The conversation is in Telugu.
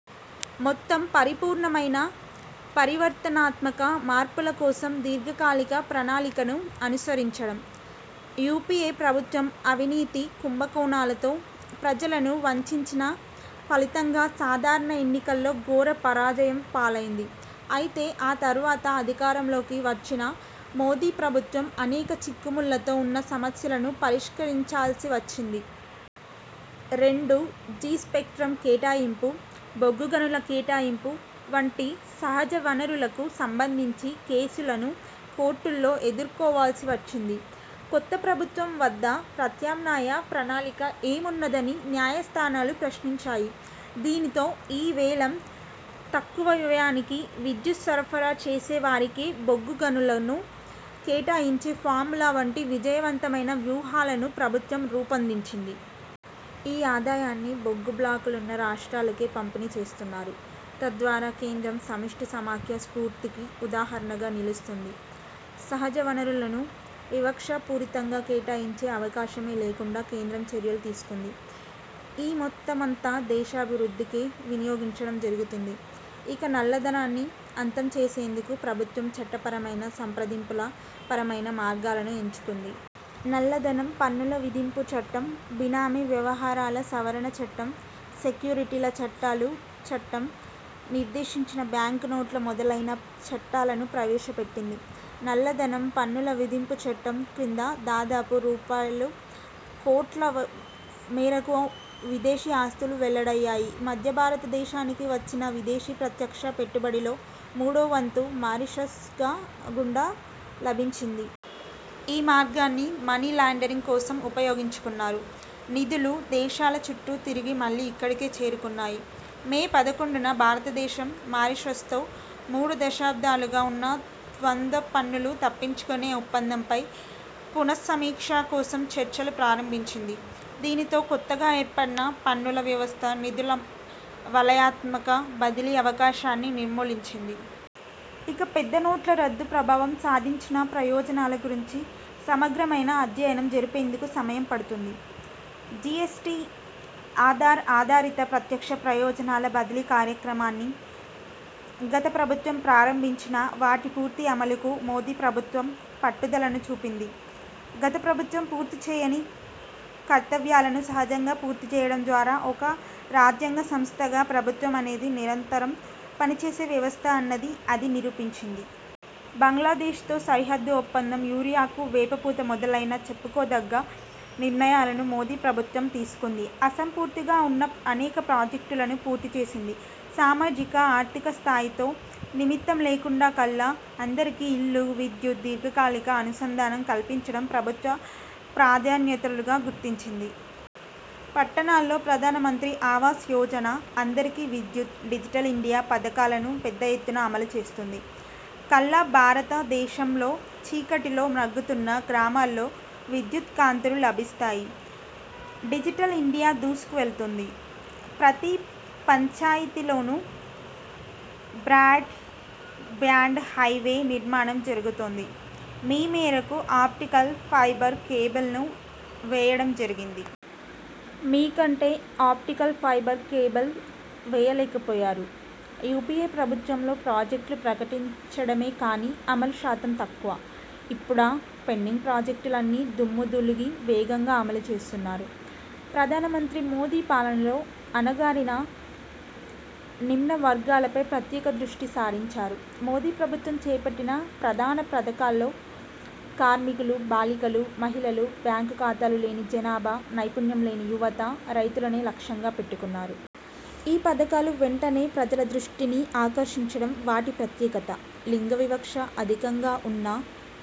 మొత్తం పరిపూర్ణమైన పరివర్తనాత్మక మార్పుల కోసం దీర్ఘకాలిక ప్రణాళికను అనుసరించడం. యుపిఏ ప్రభుత్వం అవినీతి, కుంభకోణాలతో ప్రజలను వంచించిన ఫలితంగా సాధారణ ఎన్నికల్లో ఘోర పరాజయం పాలైంది. అయితే ఆ తర్వాత అధికారంలోకి వచ్చిన మోదీ ప్రభుత్వం అనేక చిక్కుముళ్లతో ఉన్న సమస్యలను పరిష్కరించాల్సి వచ్చింది. రెండు జి స్పెక్ట్రమ్ కేటాయింపు, బొగ్గుగనుల కేటాయింపు వంటి సహజ వనరులకు సంబంధించి కేసులను కోర్టుల్లో ఎదుర్కోవాల్సి వచ్చింది. కొత్త ప్రభుత్వం వద్ద ప్రత్యామ్నాయ ప్రణాళిక ఏమున్నదని న్యాయస్థానాలు ప్రశ్నించాయి. దీనితో ఈ-వేలం, తక్కువ వ్యయానికి విద్యుత్ సరఫరా చేసే వారికే బొగ్గు గనులను కేటాయించే ఫార్ములా వంటి విజయవంతమైన వ్యూహాలను ప్రభుత్వం రూపొందించింది. ఈ ఆదాయాన్ని బొగ్గు బ్లాకులున్న రాష్ట్రాలకే పంపిణీ చేస్తున్నారు. తద్వారా కేంద్రం సమిష్టి సమాఖ్య స్ఫూర్తికి ఉదాహరణగా నిలుస్తోంది. సహజ వనరులను వివక్షాపూరితంగా కేటాయించే అవకాశమే లేకుండా కేంద్రం చర్యలు తీసుకుంది. ఈ మొత్తమంతా దేశాభివృద్దికే వినియోగించడం జరుగుతోంది. ఇక నల్లధనాన్ని అంతం చేసేందుకు ప్రభుత్వం చట్టపరమైన, సంప్రదింపుల పరమైన మార్గాలను ఎంచుకుంది. నల్లధనం, పన్నుల విధింపు చట్టం, బినామీ వ్యవహారాల సవరణ చట్టం, సెక్యూరిటీల చట్టాలు చట్టం, నిర్దేశించిన బ్యాంకు నోట్ల మొదలైన చట్టాలను ప్రవేశపెట్టింది. నల్లధనం, పన్నుల విధింపు చట్టం క్రింద దాదాపు రూ. కోట్ల మేరకు విదేశీ ఆస్తులు వెల్లడయ్యాయి. మధ్య భారత దేశానికి వచ్చిన విదేశీ ప్రత్యక్ష పెట్టుబడిలో మూడో వంతు మారిషస్ గా గుండా లభించింది. ఈ మార్గాన్ని మనీ లాండరింగ్ కోసం ఉపయోగించుకున్నారు. నిధులు దేశాల చుట్టూ తిరిగి మళ్లీ ఇక్కడికే చేరుకున్నాయి. మే పదకొండున భారత దేశం మారిషస్ తో మూడు దశాబ్దాలుగా ఉన్న ద్వంద్వ పన్నులు తప్పించుకునే ఒప్పందంపై పునస్సమీక్ష కోసం చర్చలు ప్రారంభించింది. దీనితో కొత్తగా ఏర్పడిన పన్నుల వ్యవస్థ నిధుల వలయాత్మక బదిలీ అవకాశాన్ని నిర్మూలించింది. ఇక పెద్ద నోట్ల రద్దు ప్రభావం సాధించిన ప్రయోజనాల గురించి సమగ్ర మైన అధ్యయనం జరిపేందుకు సమయం పడుతుంది. జీఎస్టీ, ఆధార్ ఆధారిత ప్రత్యక్ష ప్రయోజనాల బదిలీ కార్యక్రమాన్ని గత ప్రభుత్వం ప్రారంభించినా, వాటి పూర్తి అమలుకు మోదీ ప్రభుత్వం పట్టుదలను చూపింది. గత ప్రభుత్వం పూర్తి చేయని కర్తవ్యాలను సహజంగా పూర్తిచేయడం ద్వారా ఒక రాజ్యాంగ సంస్థగా ప్రభుత్వం అనేది నిరంతరం పనిచేసే వ్యవస్థ అన్నది అది నిరూపించింది. బంగ్లాదేశ్ తో సరిహద్దు ఒప్పందం, యూరియాకు వేపపూత మొదలైన చెప్పుకోదగ్గ నిర్ణయాలను మోదీ ప్రభుత్వం తీసుకుంది. అసంపూర్తిగా ఉన్న అనేక ప్రాజెక్టులను పూర్తి చేసింది. సామాజిక, ఆర్థిక స్థాయితో నిమిత్తం లేకుండా కల్లా అందరికీ ఇళ్లు, విద్యుత్, దీర్ఘకాలిక అనుసంధానం కల్పించడం ప్రభుత్వ ప్రాధాన్యతలుగా గుర్తించింది. పట్టణాల్లో ప్రధానమంత్రి ఆవాస్ యోజన, అందరికీ విద్యుత్, డిజిటల్ ఇండియా పథకాలను పెద్ద ఎత్తున అమలు చేస్తోంది. కల్లా భారత దేశంలో చీకటిలో మ్రగ్గుతున్న గ్రామాల్లో విద్యుత్ కాంతులు లభిస్తాయి. డిజిటల్ ఇండియా దూసుకువెళుతోంది. ప్రతి పంచాయతీలోనూ బ్రాడ్ బ్యాండ్ హైవే నిర్మాణం జరుగుతోంది. మీ మేరకు ఆప్టికల్ ఫైబర్ కేబుల్ ను వేయడం జరిగింది. మీ కంటే ఆప్టికల్ ఫైబర్ కేబుల్ వేయలేకపోయారు. యుపిఏ ప్రభుత్వంలో ప్రాజెక్టులు ప్రకటించడమే కాని అమలు శాతం తక్కువ. ఇప్పుడా పెండింగ్ ప్రాజెక్టులన్నీ దుమ్ము దులిపి వేగంగా అమలు చేస్తున్నారు. ప్రధానమంత్రి మోదీ పాలనలో అణగారిన, నిమ్న వర్గాలపై ప్రత్యేక దృష్టి సారించారు. మోదీ ప్రభుత్వం చేపట్టిన ప్రధాన పథకాల్లో కార్మికులు, బాలికలు, మహిళలు, బ్యాంకు ఖాతాలు లేని జనాభా, నైపుణ్యం లేని యువత, రైతులనే లక్ష్యంగా పెట్టుకున్నారు. ఈ పథకాలు వెంటనే ప్రజల దృష్టిని ఆకర్షించడం వాటి ప్రత్యేకత. లింగ వివక్ష అధికంగా ఉన్న